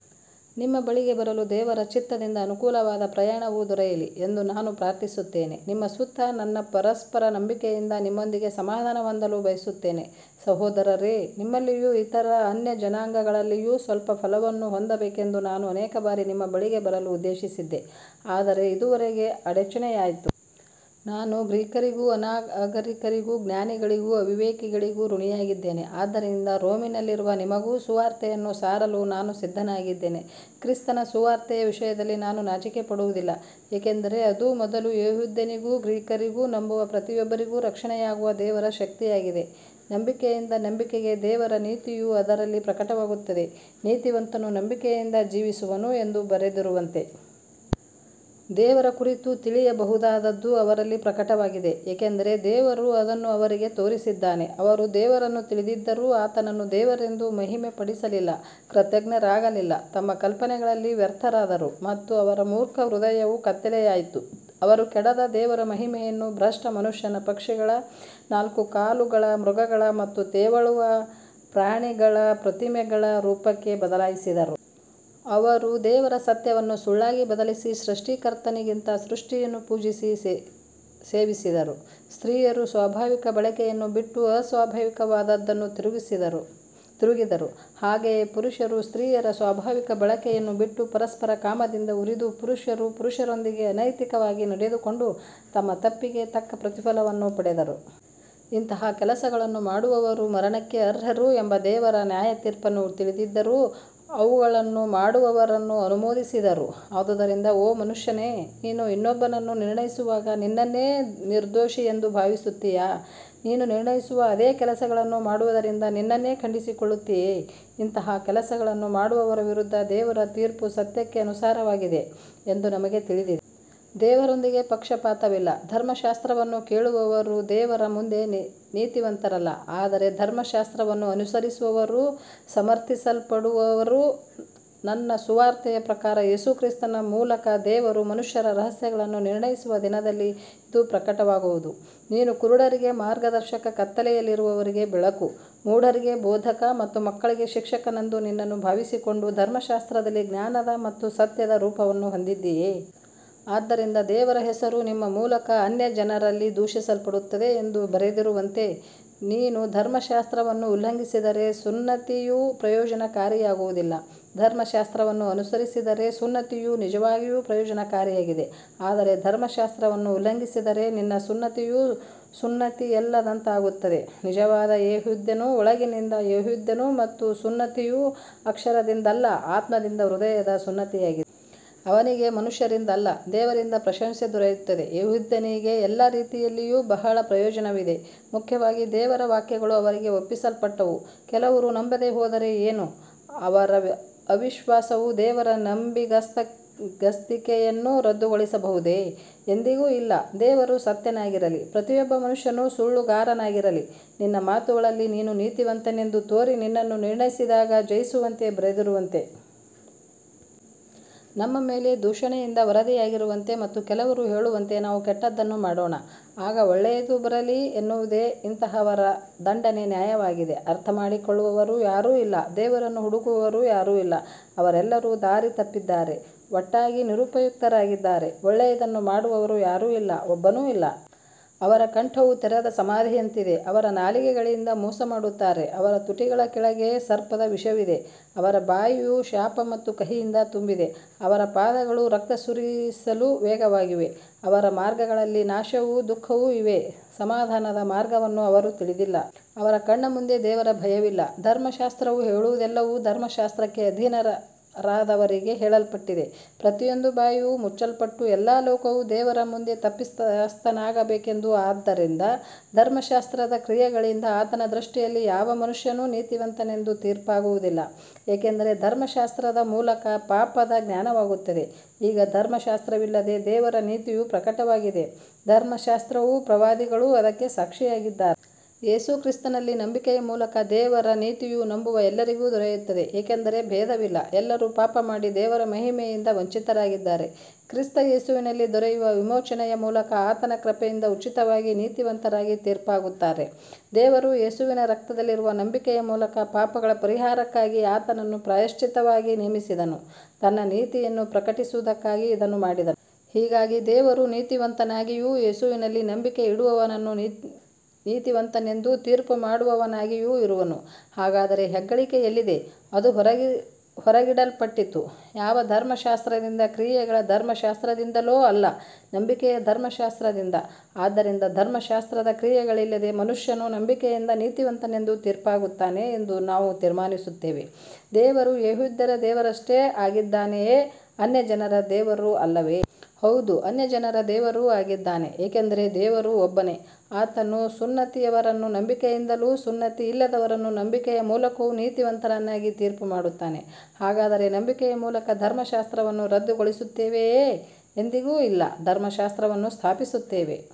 ನಿಮ್ಮ ಬಳಿಗೆ ಬರಲು ದೇವರ ಚಿತ್ತದಿಂದ ಅನುಕೂಲವಾದ ಪ್ರಯಾಣವು ದೊರೆಯಲಿ ಎಂದು ನಾನು ಪ್ರಾರ್ಥಿಸುತ್ತೇನೆ, ನಿಮ್ಮ ಮತ್ತು ನನ್ನ ಪರಸ್ಪರ ನಂಬಿಕೆಯಿಂದ ನಿಮ್ಮೊಂದಿಗೆ ಸಮಾಧಾನ ಹೊಂದಲು ಬಯಸುತ್ತೇನೆ. ಸಹೋದರರೇ, ನಿಮ್ಮಲ್ಲಿಯೂ ಇತರ ಅನ್ಯಜನಾಂಗಗಳಲ್ಲಿಯೂ ಸ್ವಲ್ಪ ಫಲವನ್ನು ಹೊಂದಬೇಕೆಂದು ನಾನು ಅನೇಕ ಬಾರಿ ನಿಮ್ಮ ಬಳಿಗೆ ಬರಲು ಉದ್ದೇಶಿಸಿದ್ದೆ, ಆದರೆ ಇದುವರೆಗೆ ಅಡಚಣೆಯಾಯಿತು. ನಾನು ಗ್ರೀಕರಿಗೂ ಅನಾಗರಿಕರಿಗೂ ಜ್ಞಾನಿಗಳಿಗೂ ಅವಿವೇಕಿಗಳಿಗೂ ಋಣಿಯಾಗಿದ್ದೇನೆ. ಆದ್ದರಿಂದ ರೋಮಿನಲ್ಲಿರುವ ನಿಮಗೂ ಸುವಾರ್ತೆಯನ್ನು ಸಾರಲು ನಾನು ಸಿದ್ಧನಾಗಿದ್ದೇನೆ. ಕ್ರಿಸ್ತನ ಸುವಾರ್ತೆಯ ವಿಷಯದಲ್ಲಿ ನಾನು ನಾಚಿಕೆಪಡುವುದಿಲ್ಲ, ಏಕೆಂದರೆ ಅದು ಮೊದಲು ಯೆಹೂದ್ಯನಿಗೂ ಗ್ರೀಕರಿಗೂ ನಂಬುವ ಪ್ರತಿಯೊಬ್ಬರಿಗೂ ರಕ್ಷಣೆಯಾಗುವ ದೇವರ ಶಕ್ತಿಯಾಗಿದೆ. ನಂಬಿಕೆಯಿಂದ ನಂಬಿಕೆಗೆ ದೇವರ ನೀತಿಯು ಅದರಲ್ಲಿ ಪ್ರಕಟವಾಗುತ್ತದೆ, ನೀತಿವಂತನು ನಂಬಿಕೆಯಿಂದ ಜೀವಿಸುವನು ಎಂದು ಬರೆದಿರುವಂತೆ. ದೇವರ ಕುರಿತು ತಿಳಿಯಬಹುದಾದದ್ದು ಅವರಲ್ಲಿ ಪ್ರಕಟವಾಗಿದೆ, ಏಕೆಂದರೆ ದೇವರು ಅದನ್ನು ಅವರಿಗೆ ತೋರಿಸಿದ್ದಾನೆ. ಅವರು ದೇವರನ್ನು ತಿಳಿದಿದ್ದರೂ ಆತನನ್ನು ದೇವರೆಂದು ಮಹಿಮೆಪಡಿಸಲಿಲ್ಲ, ಕೃತಜ್ಞರಾಗಲಿಲ್ಲ, ತಮ್ಮ ಕಲ್ಪನೆಗಳಲ್ಲಿ ವ್ಯರ್ಥರಾದರು ಮತ್ತು ಅವರ ಮೂರ್ಖ ಹೃದಯವು ಕತ್ತಲೆಯಾಯಿತು. ಅವರು ಕೆಡದ ದೇವರ ಮಹಿಮೆಯನ್ನು ಭ್ರಷ್ಟ ಮನುಷ್ಯನ, ಪಕ್ಷಿಗಳ, ನಾಲ್ಕು ಕಾಲುಗಳ ಮೃಗಗಳ ಮತ್ತು ತೆವಳುವ ಪ್ರಾಣಿಗಳ ಪ್ರತಿಮೆಗಳ ರೂಪಕ್ಕೆ ಬದಲಾಯಿಸಿದರು. ಅವರು ದೇವರ ಸತ್ಯವನ್ನು ಸುಳ್ಳಾಗಿ ಬದಲಿಸಿ ಸೃಷ್ಟಿಕರ್ತನಿಗಿಂತ ಸೃಷ್ಟಿಯನ್ನು ಪೂಜಿಸಿ ಸೇವಿಸಿದರು. ಸ್ತ್ರೀಯರು ಸ್ವಾಭಾವಿಕ ಬಳಕೆಯನ್ನು ಬಿಟ್ಟು ಅಸ್ವಾಭಾವಿಕವಾದದ್ದಕ್ಕೆ ತಿರುಗಿದರು. ಹಾಗೆಯೇ ಪುರುಷರು ಸ್ತ್ರೀಯರ ಸ್ವಾಭಾವಿಕ ಬಳಕೆಯನ್ನು ಬಿಟ್ಟು ಪರಸ್ಪರ ಕಾಮದಿಂದ ಉರಿದು, ಪುರುಷರು ಪುರುಷರೊಂದಿಗೆ ಅನೈತಿಕವಾಗಿ ನಡೆದುಕೊಂಡು ತಮ್ಮ ತಪ್ಪಿಗೆ ತಕ್ಕ ಪ್ರತಿಫಲವನ್ನು ಪಡೆದರು. ಇಂತಹ ಕೆಲಸಗಳನ್ನು ಮಾಡುವವರು ಮರಣಕ್ಕೆ ಅರ್ಹರು ಎಂಬ ದೇವರ ನ್ಯಾಯತೀರ್ಪನ್ನು ತಿಳಿದಿದ್ದರೂ, ಅವುಗಳನ್ನು ಮಾಡುವವರನ್ನು ಅನುಮೋದಿಸಿದರು. ಆದುದರಿಂದ ಓ ಮನುಷ್ಯನೇ, ನೀನು ಇನ್ನೊಬ್ಬನನ್ನು ನಿರ್ಣಯಿಸುವಾಗ ನಿನ್ನನ್ನೇ ನಿರ್ದೋಷಿಯೆಂದು ಭಾವಿಸುತ್ತೀಯಾ, ನೀನು ನಿರ್ಣಯಿಸುವ ಅದೇ ಕೆಲಸಗಳನ್ನು ಮಾಡುವುದರಿಂದ ನಿನ್ನನ್ನೇ ಖಂಡಿಸಿಕೊಳ್ಳುತ್ತೀಯೆ. ಇಂತಹ ಕೆಲಸಗಳನ್ನು ಮಾಡುವವರ ವಿರುದ್ಧ ದೇವರ ತೀರ್ಪು ಸತ್ಯಕ್ಕೆ ಅನುಸಾರವಾಗಿದೆ ಎಂದು ನಮಗೆ ತಿಳಿದಿದೆ. ದೇವರೊಂದಿಗೆ ಪಕ್ಷಪಾತವಿಲ್ಲ. ಧರ್ಮಶಾಸ್ತ್ರವನ್ನು ಕೇಳುವವರು ದೇವರ ಮುಂದೆ ನೀತಿವಂತರಲ್ಲ, ಆದರೆ ಧರ್ಮಶಾಸ್ತ್ರವನ್ನು ಅನುಸರಿಸುವವರು ಸಮರ್ಥಿಸಲ್ಪಡುವರು. ನನ್ನ ಸುವಾರ್ತೆಯ ಪ್ರಕಾರ ಯೇಸು ಕ್ರಿಸ್ತನ ಮೂಲಕ ದೇವರು ಮನುಷ್ಯರ ರಹಸ್ಯಗಳನ್ನು ನಿರ್ಣಯಿಸುವ ದಿನದಲ್ಲಿ ಇದು ಪ್ರಕಟವಾಗುವುದು. ನೀನು ಕುರುಡರಿಗೆ ಮಾರ್ಗದರ್ಶಕ, ಕತ್ತಲೆಯಲ್ಲಿರುವವರಿಗೆ ಬೆಳಕು, ಮೂಢರಿಗೆ ಬೋಧಕ ಮತ್ತು ಮಕ್ಕಳಿಗೆ ಶಿಕ್ಷಕನೆಂದು ನಿನ್ನನ್ನು ಭಾವಿಸಿಕೊಂಡು, ಧರ್ಮಶಾಸ್ತ್ರದಲ್ಲಿ ಜ್ಞಾನದ ಮತ್ತು ಸತ್ಯದ ರೂಪವನ್ನು ಹೊಂದಿದ್ದೀಯೆ. ಆದ್ದರಿಂದ ದೇವರ ಹೆಸರು ನಿಮ್ಮ ಮೂಲಕ ಅನ್ಯಜನರಲ್ಲಿ ದೂಷಿಸಲ್ಪಡುತ್ತದೆ ಎಂದು ಬರೆದಿರುವಂತೆ, ನೀನು ಧರ್ಮಶಾಸ್ತ್ರವನ್ನು ಉಲ್ಲಂಘಿಸಿದರೆ ಸುನ್ನತಿಯು ಪ್ರಯೋಜನಕಾರಿಯಾಗುವುದಿಲ್ಲ. ಧರ್ಮಶಾಸ್ತ್ರವನ್ನು ಅನುಸರಿಸಿದರೆ ಸುನ್ನತಿಯು ನಿಜವಾಗಿಯೂ ಪ್ರಯೋಜನಕಾರಿಯಾಗಿದೆ, ಆದರೆ ಧರ್ಮಶಾಸ್ತ್ರವನ್ನು ಉಲ್ಲಂಘಿಸಿದರೆ ನಿನ್ನ ಸುನ್ನತಿಯು ಸುನ್ನತಿಯಲ್ಲದಂತಾಗುತ್ತದೆ. ನಿಜವಾದ ಯೆಹೂದ್ಯನು ಒಳಗಿನಿಂದ ಯೆಹೂದ್ಯನು, ಮತ್ತು ಸುನ್ನತಿಯು ಅಕ್ಷರದಿಂದಲ್ಲ, ಆತ್ಮದಿಂದ ಹೃದಯದ ಸುನ್ನತಿಯಾಗಿದೆ. ಅವನಿಗೆ ಮನುಷ್ಯರಿಂದಲ್ಲ, ದೇವರಿಂದ ಪ್ರಶಂಸೆ ದೊರೆಯುತ್ತದೆ. ಯೆಹೂದ್ಯನಿಗೆ ಎಲ್ಲ ರೀತಿಯಲ್ಲಿಯೂ ಬಹಳ ಪ್ರಯೋಜನವಿದೆ, ಮುಖ್ಯವಾಗಿ ದೇವರ ವಾಕ್ಯಗಳು ಅವರಿಗೆ ಒಪ್ಪಿಸಲ್ಪಟ್ಟವು. ಕೆಲವರು ನಂಬದೆ ಹೋದರೆ ಏನು, ಅವರ ಅವಿಶ್ವಾಸವು ದೇವರ ನಂಬಿಗಸ್ತಿಕೆಯನ್ನು ರದ್ದುಗೊಳಿಸಬಹುದೇ. ಎಂದಿಗೂ ಇಲ್ಲ. ದೇವರು ಸತ್ಯನಾಗಿರಲಿ, ಪ್ರತಿಯೊಬ್ಬ ಮನುಷ್ಯನು ಸುಳ್ಳುಗಾರನಾಗಿರಲಿ, ನಿನ್ನ ಮಾತುಗಳಲ್ಲಿ ನೀನು ನೀತಿವಂತನೆಂದು ತೋರಿ, ನಿನ್ನನ್ನು ನಿರ್ಣಯಿಸಿದಾಗ ಜಯಿಸುವಂತೆ ಬರೆದಿರುವಂತೆ. ನಮ್ಮ ಮೇಲೆ ದೂಷಣೆಯಿಂದ ವರದಿಯಾಗಿರುವಂತೆ ಮತ್ತು ಕೆಲವರು ಹೇಳುವಂತೆ ನಾವು ಕೆಟ್ಟದ್ದನ್ನು ಮಾಡೋಣ, ಆಗ ಒಳ್ಳೆಯದು ಬರಲಿ ಎನ್ನುವುದೇ. ಇಂತಹವರ ದಂಡನೆ ನ್ಯಾಯವಾಗಿದೆ. ಅರ್ಥಮಾಡಿಕೊಳ್ಳುವವರು ಯಾರೂ ಇಲ್ಲ, ದೇವರನ್ನು ಹುಡುಕುವವರು ಯಾರೂ ಇಲ್ಲ. ಅವರೆಲ್ಲರೂ ದಾರಿ ತಪ್ಪಿದ್ದಾರೆ, ಒಟ್ಟಾಗಿ ನಿರುಪಯುಕ್ತರಾಗಿದ್ದಾರೆ. ಒಳ್ಳೆಯದನ್ನು ಮಾಡುವವರು ಯಾರೂ ಇಲ್ಲ, ಒಬ್ಬನೂ ಇಲ್ಲ. ಅವರ ಕಂಠವು ತೆರೆದ ಸಮಾಧಿಯಂತಿದೆ, ಅವರ ನಾಲಿಗೆಗಳಿಂದ ಮೋಸ ಮಾಡುತ್ತಾರೆ, ಅವರ ತುಟಿಗಳ ಕೆಳಗೆ ಸರ್ಪದ ವಿಷವಿದೆ. ಅವರ ಬಾಯಿಯು ಶಾಪ ಮತ್ತು ಕಹಿಯಿಂದ ತುಂಬಿದೆ. ಅವರ ಪಾದಗಳು ರಕ್ತ ಸುರಿಸಲು ವೇಗವಾಗಿವೆ, ಅವರ ಮಾರ್ಗಗಳಲ್ಲಿ ನಾಶವೂ ದುಃಖವೂ ಇವೆ, ಸಮಾಧಾನದ ಮಾರ್ಗವನ್ನು ಅವರು ತಿಳಿದಿಲ್ಲ. ಅವರ ಕಣ್ಣ ಮುಂದೆ ದೇವರ ಭಯವಿಲ್ಲ. ಧರ್ಮಶಾಸ್ತ್ರವು ಹೇಳುವದೆಲ್ಲವೂ ಧರ್ಮಶಾಸ್ತ್ರಕ್ಕೆ ಅಧೀನರಾದವರಿಗೆ ಹೇಳಲ್ಪಟ್ಟಿದೆ, ಪ್ರತಿಯೊಂದು ಬಾಯಿಯೂ ಮುಚ್ಚಲ್ಪಟ್ಟು ಎಲ್ಲಾ ಲೋಕವೂ ದೇವರ ಮುಂದೆ ತಪ್ಪಿತಸ್ಥವಾಗಬೇಕೆಂದು. ಆದ್ದರಿಂದ ಧರ್ಮಶಾಸ್ತ್ರದ ಕ್ರಿಯೆಗಳಿಂದ ಆತನ ದೃಷ್ಟಿಯಲ್ಲಿ ಯಾವ ಮನುಷ್ಯನೂ ನೀತಿವಂತನೆಂದು ತೀರ್ಪಾಗುವುದಿಲ್ಲ, ಏಕೆಂದರೆ ಧರ್ಮಶಾಸ್ತ್ರದ ಮೂಲಕ ಪಾಪದ ಜ್ಞಾನವಾಗುತ್ತದೆ. ಈಗ ಧರ್ಮಶಾಸ್ತ್ರವಿಲ್ಲದೆ ದೇವರ ನೀತಿಯು ಪ್ರಕಟವಾಗಿದೆ, ಧರ್ಮಶಾಸ್ತ್ರವೂ ಪ್ರವಾದಿಗಳೂ ಅದಕ್ಕೆ ಸಾಕ್ಷಿಯಾಗಿದ್ದಾರೆ. ಯೇಸು ಕ್ರಿಸ್ತನಲ್ಲಿ ನಂಬಿಕೆಯ ಮೂಲಕ ದೇವರ ನೀತಿಯು ನಂಬುವ ಎಲ್ಲರಿಗೂ ದೊರೆಯುತ್ತದೆ, ಏಕೆಂದರೆ ಭೇದವಿಲ್ಲ. ಎಲ್ಲರೂ ಪಾಪಮಾಡಿ ದೇವರ ಮಹಿಮೆಯಿಂದ ವಂಚಿತರಾಗಿದ್ದಾರೆ. ಕ್ರಿಸ್ತ ಯೇಸುವಿನಲ್ಲಿ ದೊರೆಯುವ ವಿಮೋಚನೆಯ ಮೂಲಕ ಆತನ ಕೃಪೆಯಿಂದ ಉಚಿತವಾಗಿ ನೀತಿವಂತರಾಗಿ ತೀರ್ಪಾಗುತ್ತಾರೆ. ದೇವರು ಯೇಸುವಿನ ರಕ್ತದಲ್ಲಿರುವ ನಂಬಿಕೆಯ ಮೂಲಕ ಪಾಪಗಳ ಪರಿಹಾರಕ್ಕಾಗಿ ಆತನನ್ನು ಪ್ರಾಯಶ್ಚಿತ್ತವಾಗಿ ನೇಮಿಸಿದನು, ತನ್ನ ನೀತಿಯನ್ನು ಪ್ರಕಟಿಸುವುದಕ್ಕಾಗಿ ಇದನ್ನು ಮಾಡಿದನು. ಹೀಗಾಗಿ ದೇವರು ನೀತಿವಂತನಾಗಿಯೂ ಯೇಸುವಿನಲ್ಲಿ ನಂಬಿಕೆಯಿಡುವವನನ್ನು ನೀತಿವಂತನೆಂದು ತೀರ್ಪುಮಾಡುವವನಾಗಿಯೂ ಇರುವನು. ಹಾಗಾದರೆ ಹೆಗ್ಗಳಿಕೆ ಎಲ್ಲಿದೆ, ಅದು ಹೊರಗಿಡಲ್ಪಟ್ಟಿತು. ಯಾವ ಧರ್ಮಶಾಸ್ತ್ರದಿಂದ, ಕ್ರಿಯೆಗಳ ಧರ್ಮಶಾಸ್ತ್ರದಿಂದಲೋ, ಅಲ್ಲ, ನಂಬಿಕೆಯ ಧರ್ಮಶಾಸ್ತ್ರದಿಂದ. ಆದ್ದರಿಂದ ಧರ್ಮಶಾಸ್ತ್ರದ ಕ್ರಿಯೆಗಳಿಲ್ಲದೆ ಮನುಷ್ಯನು ನಂಬಿಕೆಯಿಂದ ನೀತಿವಂತನೆಂದು ತೀರ್ಪಾಗುತ್ತಾನೆ ಎಂದು ನಾವು ತೀರ್ಮಾನಿಸುತ್ತೇವೆ. ದೇವರು ಯೆಹೂದ್ಯರ ದೇವರಷ್ಟೇ ಆಗಿದ್ದಾನೆಯೇ, ಅನ್ಯಜನರ ದೇವರೂ ಅಲ್ಲವೇ. ಹೌದು, ಅನ್ಯಜನರ ದೇವರೂ ಆಗಿದ್ದಾನೆ. ಏಕೆಂದರೆ ದೇವರು ಒಬ್ಬನೇ, ಆತನು ಸುನ್ನತಿಯವರನ್ನು ನಂಬಿಕೆಯಿಂದಲೂ ಸುನ್ನತಿಯಿಲ್ಲದವರನ್ನು ನಂಬಿಕೆಯ ಮೂಲಕವೂ ನೀತಿವಂತರನ್ನಾಗಿ ತೀರ್ಪುಮಾಡುತ್ತಾನೆ. ಹಾಗಾದರೆ ನಂಬಿಕೆಯ ಮೂಲಕ ಧರ್ಮಶಾಸ್ತ್ರವನ್ನು ರದ್ದುಗೊಳಿಸುತ್ತೇವೆಯೇ. ಎಂದಿಗೂ ಇಲ್ಲ, ನಾವು ಧರ್ಮಶಾಸ್ತ್ರವನ್ನು ಸ್ಥಾಪಿಸುತ್ತೇವೆ.